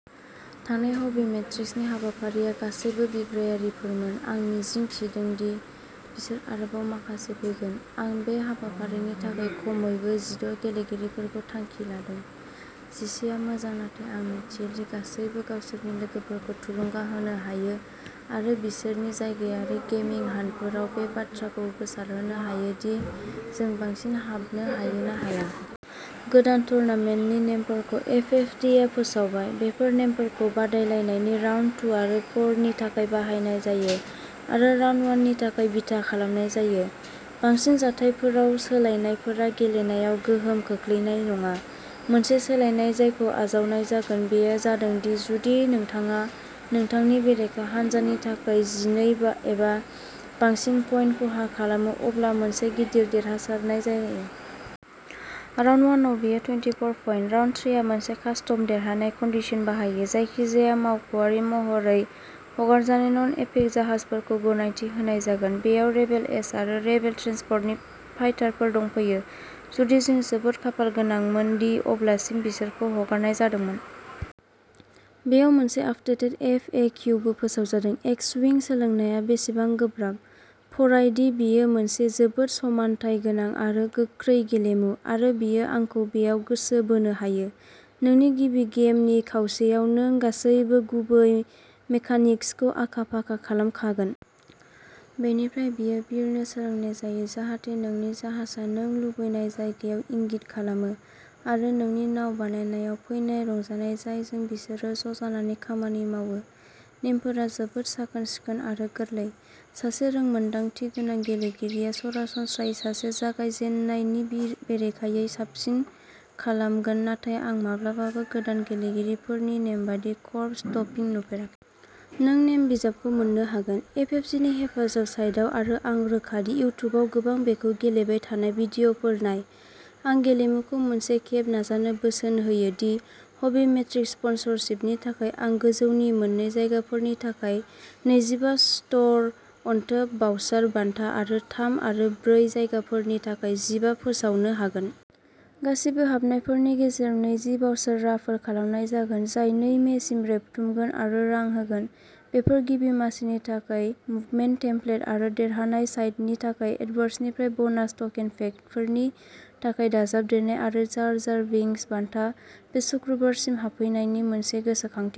थांनाय ह'बि मेट्रिक्सनि हाबाफारिया गासैबो बिग्रायारिफोरमोन, आं मिजिं थिदों दि बिसोर आरोबाव माखासे फैगोन। आं बे हाबाफारिनि थाखाय खमैबो जिद' गेलेगिरिफोरखौ थांखि लादों। जिसे आ मोजां नाथाय आं मिथियो दि गासैबो गावसोरनि लोगोफोरखौ थुलुंगा होनो हायो आरो बिसोरनि जायगायारि गेमिं हान्टफोराव बे बाथ्राखौ गोसारहोनो हायो दि जों बांसिन हाबनो हायो ना हाया। गोदान टुर्नामेन्टनि नेमफोरखौ एफएफजीआ फोसावबाय। बेफोर नेमफोरखौ बादायलायनायनि राउन्ड नै आरो ब्रै नि थाखाय बाहायनाय जायो आरो राउन्ड से नि थाखाय बिथा खालामनाय जायो। बांसिन जाथायफोराव सोलायनायफोरा गेलेनायाव गोहोम खोख्लैनाय नङा। मोनसे सोलायनाय जायखौ आजावनाय जागोन बेयो जादों दि जुदि नोंथाङा नोंथांनि बेरेखा हान्जानि थाखाय जिनै एबा बांसिन पइन्ट खहा खालामो अब्ला मोनसे गिदिर देरहासारनाय जायो। राउन्ड अवान आव बेयो थुयनथिपर पइन्ट। राउन्ड थ्रि आ मोनसे कास्टम देरहानाय कन्डिशन बाहायो। जायखिजाया मावख'आरि महरै हगारजानाय नन-एपिक जाहाजफोरखौ गनायथि होनाय जागोन। बेयाव रेबेल एस आरो रेबेल ट्रेन्सपर्टनि फाइटारफोर दंफायो, जुदि जों जोबोद खाफालगोनांमोन दि अब्लासिम बिसोरखौ हगारनाय जादोंमोन। बेयाव मोनसे आपडेटेड एफ. ए. किउ. बो फोसावजादों। एक्सविंग सोलोंनाया बेसेबां गोब्राब? फराय दि बेयो मोनसे जोबोद समानथाय गोनां आरो "गोख्रै" गेलेमु आरो बेयो आंखौ बेयाव गोसो बोनो हायो। नोंनि गिबि गेमनि खावसेयाव नों गासैबो गुबै मेकानिक्सखौ आखा-फाखा खालामखागोन। बेनिफ्राय बेयो बिरनो सोलोंनाय जायो जाहाथे नोंनि जाहाजआ नों लुबैनाय जायगायाव इंगित खालामो आरो नोंनि नाव बानायनायाव फैनाय रंजानाय जायजों बिसोरो ज'जानानै खामानि मावो। नेमफोरा जोबोद साखोन-सिखोन आरो गोरलै। सासे रोंमोनदांथि गोनां गेलेगिरिया सरासनस्रायै सासे जागायजेन्नायनि बेरेखायै साबसिन खालामगोन नाथाय आं माब्लाबाबो गोदान गेलेगिरिफोरनि नेमबादि कर्ब स्टम्पिंखौ नुफेराखै। नों नेम बिजाबखौ मोन्नो हागोन। एफएफजीनि हेफाजाब साइटआव आरो आं रोखा दि इउट्युबआव गोबां "बेखौ गेलेबाय थानाय" भिडिय'फोर नाय। आं गेलेमुखौ मोनसे खेब नाजानो बोसोन होयो।। दि हबी मेट्रिक्स स्पनसरशिपनि थाखाय आं गोजौनि मोन्नै जायगाफोरनि थाखाय नैजिबा स्ट'र अनथोब भाउचार बान्था आरो थाम आरो ब्रै जायगाफोरनि थाखाय जिबा फोसावनो हागोन। गासिबो हाबनायफोरनि गेजेराव नैजि भाउचार राफल खालामनाय जागोन जाय नै मेसिम रेबथुमगोन आरो रां होगोन। बेफोर गिबि मासिनि थाखाय मुभमेन्ट टेमप्लेटफोर आरो देरहानाय साइडनि थाखाय एथरवर्क्सनिफ्राय ब'नास टकेन पेकफोरनि थाखाय दाजाबदेरनाय। आरो जार जार बिंक्स बान्था। बे सुक्रुबार सिम हाबफैनायनि मोनसे गोसोखांथि।